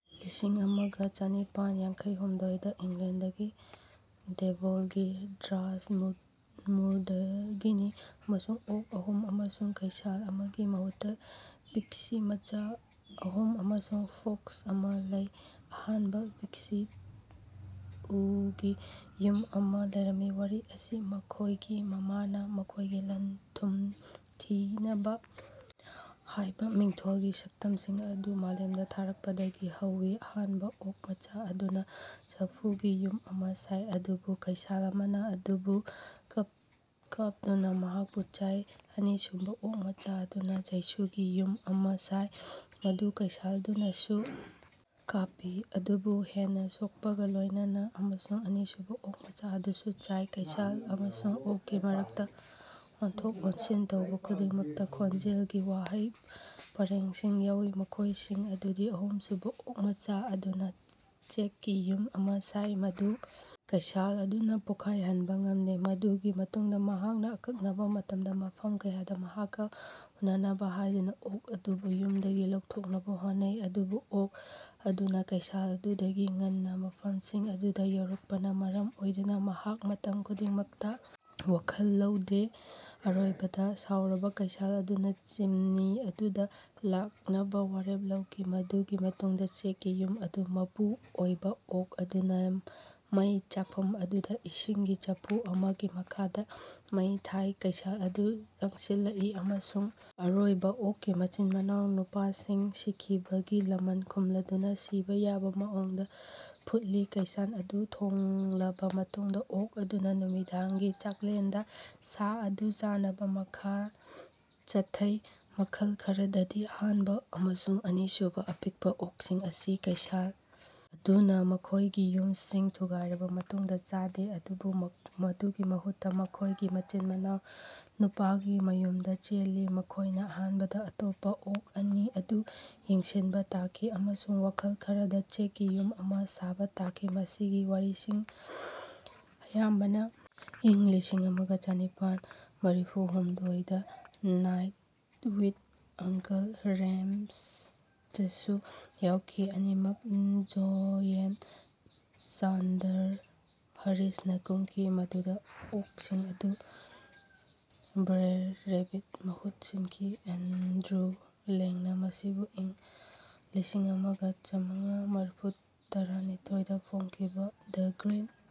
ꯂꯤꯁꯤꯡꯑꯃꯒ ꯆꯅꯤꯄꯥꯟ ꯌꯥꯡꯈꯩꯍꯨꯝꯗꯣꯢꯗ ꯏꯪꯂꯦꯟꯗꯒꯤ ꯗꯦꯚꯣꯟꯒꯤ ꯗꯥꯔ꯭ꯠꯃꯨꯔꯗꯒꯤꯅꯤ, ꯑꯃꯁꯨꯡ ꯑꯣꯛ ꯑꯍꯨꯝ ꯑꯃꯁꯨꯡ ꯀꯩꯁꯥꯜ ꯑꯃꯒꯤ ꯃꯍꯨꯠꯇ ꯄꯤꯛꯁꯤ ꯃꯆꯥ ꯑꯍꯨꯝ ꯑꯃꯁꯨꯡ ꯐꯣꯛꯁ ꯑꯃ ꯂꯩ꯫ ꯑꯍꯥꯟꯕ ꯄꯤꯛꯁꯤꯗ ꯎꯒꯤ ꯌꯨꯝ ꯑꯃ ꯂꯩꯔꯝꯃꯤ: ꯋꯥꯔꯤ ꯑꯁꯤ ꯃꯈꯣꯏꯒꯤ ꯃꯃꯥꯅ "ꯃꯈꯣꯏꯒꯤ ꯂꯟ-ꯊꯨꯝ ꯊꯤꯅꯕ" ꯍꯥꯏꯕ ꯃꯤꯡꯊꯣꯜꯒꯤ ꯁꯛꯇꯝꯁꯤꯡ ꯑꯗꯨ ꯃꯥꯂꯦꯝꯗ ꯊꯥꯔꯛꯄꯗꯒꯤ ꯍꯧꯋꯤ꯫ ꯑꯍꯥꯟꯕ ꯑꯣꯛ ꯃꯆꯥ ꯑꯗꯨꯅ ꯆꯐꯨꯒꯤ ꯌꯨꯝ ꯑꯃ ꯁꯥꯏ, ꯑꯗꯨꯕꯨ ꯀꯩꯁꯥꯜ ꯑꯃꯅ ꯃꯗꯨꯕꯨ ꯀꯥꯞꯇꯨꯅ ꯃꯍꯥꯛꯄꯨ ꯆꯥꯏ꯫ ꯑꯅꯤꯁꯨꯕ ꯑꯣꯛ ꯃꯆꯥ ꯑꯗꯨꯅ ꯆꯩꯁꯨꯒꯤ ꯌꯨꯝ ꯑꯃ ꯁꯥꯏ, ꯃꯗꯨ ꯀꯩꯁꯥꯜ ꯑꯗꯨꯅꯁꯨ ꯀꯥꯞꯄꯤ, ꯑꯗꯨꯕꯨ ꯍꯦꯟꯅ ꯁꯣꯛꯄꯒ ꯂꯣꯏꯅꯅ ꯑꯃꯁꯨꯡ ꯑꯅꯤꯁꯨꯕ ꯑꯣꯛ ꯃꯆꯥ ꯑꯗꯨꯁꯨ ꯆꯥꯏ꯫ ꯀꯩꯁꯥꯜ ꯑꯃꯁꯨꯡ ꯑꯣꯛꯀꯤ ꯃꯔꯛꯇ ꯑꯣꯟꯊꯣꯛ-ꯑꯣꯟꯁꯤꯟ ꯇꯧꯕ ꯈꯨꯗꯤꯡꯃꯛꯇ ꯈꯣꯟꯖꯦꯜꯒꯤ ꯋꯥꯍꯩ ꯄꯔꯦꯡꯁꯤꯡ ꯌꯥꯎꯋꯤ, ꯃꯈꯣꯏꯁꯤꯡ ꯑꯗꯨꯗꯤ: ꯑꯍꯨꯝꯁꯨꯕ ꯑꯣꯛ ꯃꯆꯥ ꯑꯗꯨꯅ ꯆꯦꯛꯀꯤ ꯌꯨꯝ ꯑꯃ ꯁꯥꯏ, ꯃꯗꯨ ꯀꯩꯁꯥꯜ ꯑꯗꯨꯅ ꯄꯣꯈꯥꯢꯍꯟꯕ ꯉꯝꯗꯦ꯫ ꯃꯗꯨꯒꯤ ꯃꯇꯨꯡꯗ ꯃꯍꯥꯛꯅ ꯑꯀꯛꯅꯕ ꯃꯇꯝꯗ ꯃꯐꯝ ꯀꯌꯥꯗ ꯃꯍꯥꯛꯀ ꯎꯅꯅꯕ ꯍꯥꯏꯗꯨꯅ ꯑꯣꯛ ꯑꯗꯨꯕꯨ ꯌꯨꯝꯗꯒꯤ ꯂꯧꯊꯣꯛꯅꯕ ꯍꯣꯠꯅꯩ, ꯑꯗꯨꯕꯨ ꯑꯣꯛ ꯑꯗꯨꯅ ꯀꯩꯁꯥꯜ ꯑꯗꯨꯗꯒꯤ ꯉꯟꯅ ꯃꯐꯝꯁꯤꯡ ꯑꯗꯨꯗ ꯌꯧꯔꯛꯄꯅ ꯃꯔꯝ ꯑꯣꯏꯗꯨꯅ ꯃꯍꯥꯛ ꯃꯇꯝ ꯈꯨꯗꯤꯡꯃꯛꯇ ꯋꯥꯈꯜ ꯂꯧꯗꯦ꯫ ꯑꯔꯣꯏꯕꯗ, ꯁꯥꯎꯔꯕ ꯀꯩꯁꯥꯜ ꯑꯗꯨꯅ ꯆꯤꯝꯅꯤ ꯑꯗꯨꯗ ꯂꯥꯛꯅꯕ ꯋꯥꯔꯦꯞ ꯂꯧꯈꯤ, ꯃꯗꯨꯒꯤ ꯃꯇꯨꯡꯗ ꯆꯦꯛꯀꯤ ꯌꯨꯝ ꯑꯗꯨ ꯃꯄꯨ ꯑꯣꯏꯕ ꯑꯣꯛ ꯑꯗꯨꯅ ꯃꯩ ꯆꯥꯛꯐꯝ ꯑꯗꯨꯗ ꯏꯁꯤꯡꯒꯤ ꯆꯐꯨ ꯑꯃꯒꯤ ꯃꯈꯥꯗ ꯃꯩ ꯊꯥꯏ꯫ ꯀꯩꯁꯥꯜ ꯑꯗꯨ ꯆꯪꯁꯤꯜꯂꯛꯏ ꯑꯃꯁꯨꯡ ꯑꯔꯣꯏꯕ ꯑꯣꯛꯀꯤ ꯃꯆꯤꯟ-ꯃꯅꯥꯎ ꯅꯨꯄꯥꯁꯤꯡ ꯁꯤꯈꯤꯕꯒꯤ ꯂꯃꯟ ꯈꯨꯝꯂꯗꯨꯅ ꯁꯤꯕ ꯌꯥꯕ ꯃꯑꯣꯡꯗ ꯐꯨꯠꯂꯤ꯫ ꯀꯩꯁꯥꯜ ꯑꯗꯨ ꯊꯣꯡꯂꯕ ꯃꯇꯨꯡꯗ, ꯑꯣꯛ ꯑꯗꯨꯅ ꯅꯨꯃꯤꯗꯥꯡꯒꯤ ꯆꯥꯛꯂꯦꯟꯗ ꯁꯥ ꯑꯗꯨ ꯆꯥꯅꯕ ꯃꯈꯥ ꯆꯠꯊꯩ꯫ ꯃꯈꯜ ꯈꯔꯗꯗꯤ, ꯑꯍꯥꯟꯕ ꯑꯃꯁꯨꯡ ꯑꯅꯤꯁꯨꯕ ꯑꯄꯤꯛꯄ ꯑꯣꯛꯁꯤꯡ ꯑꯁꯤ ꯀꯩꯁꯥꯜ ꯑꯗꯨꯅ ꯃꯈꯣꯏꯒꯤ ꯌꯨꯝꯁꯤꯡ ꯊꯨꯒꯥꯏꯔꯕ ꯃꯇꯨꯡꯗ ꯆꯥꯗꯦ ꯑꯗꯨꯕꯨ ꯃꯗꯨꯒꯤ ꯃꯍꯨꯠꯇ ꯃꯈꯣꯏꯒꯤ ꯃꯆꯤꯟ-ꯃꯅꯥꯎ ꯅꯨꯄꯥꯒꯤ ꯃꯌꯨꯝꯗ ꯆꯦꯜꯂꯤ, ꯃꯈꯣꯏꯅ ꯑꯍꯥꯟꯕꯗ ꯑꯇꯣꯞꯄ ꯑꯣꯛ ꯑꯅꯤ ꯑꯗꯨ ꯌꯦꯡꯁꯤꯟꯕ ꯇꯥꯈꯤ ꯑꯃꯁꯨꯡ ꯃꯈꯜ ꯈꯔꯗ ꯆꯦꯛꯀꯤ ꯌꯨꯝ ꯑꯃ ꯁꯥꯕ ꯇꯥꯈꯤ꯫ ꯃꯁꯤꯒꯤ ꯋꯥꯔꯤꯁꯤꯡ ꯑꯌꯥꯝꯕꯅ ꯏꯪ ꯂꯤꯁꯤꯡꯑꯃꯒ ꯆꯅꯤꯄꯥꯟ ꯃꯔꯤꯐꯨꯍꯨꯝꯗꯣꯢ ꯗ ꯅꯥꯏꯠ꯭ꯁ ꯋꯤꯊ ꯑꯟꯀꯜ ꯔꯦꯃꯁꯇꯁꯨ ꯌꯥꯎꯈꯤ, ꯑꯅꯤꯃꯛ ꯖꯣꯌꯦꯜ ꯆꯥꯟꯗ꯭ꯂꯔ ꯍꯦꯔꯤꯁꯅ ꯀꯨꯝꯈꯤ, ꯃꯗꯨꯗ ꯑꯣꯛꯁꯤꯡ ꯑꯗꯨ ꯕ꯭ꯔꯦꯔ ꯔꯦꯕꯤꯠꯅ ꯃꯍꯨꯠ ꯁꯤꯟꯈꯤ꯫ ꯑꯦꯟꯗ꯭ꯔꯨ ꯂꯦꯡꯅ ꯃꯁꯤꯕꯨ ꯏꯪ ꯂꯤꯁꯤꯡꯑꯃꯒ ꯆꯥꯃꯉꯥ ꯃꯔꯤꯐꯨꯇꯔꯥꯅꯤꯊꯣꯢ ꯗ ꯐꯣꯡꯈꯤꯕ ꯗ ꯒ꯭ꯔꯤꯟ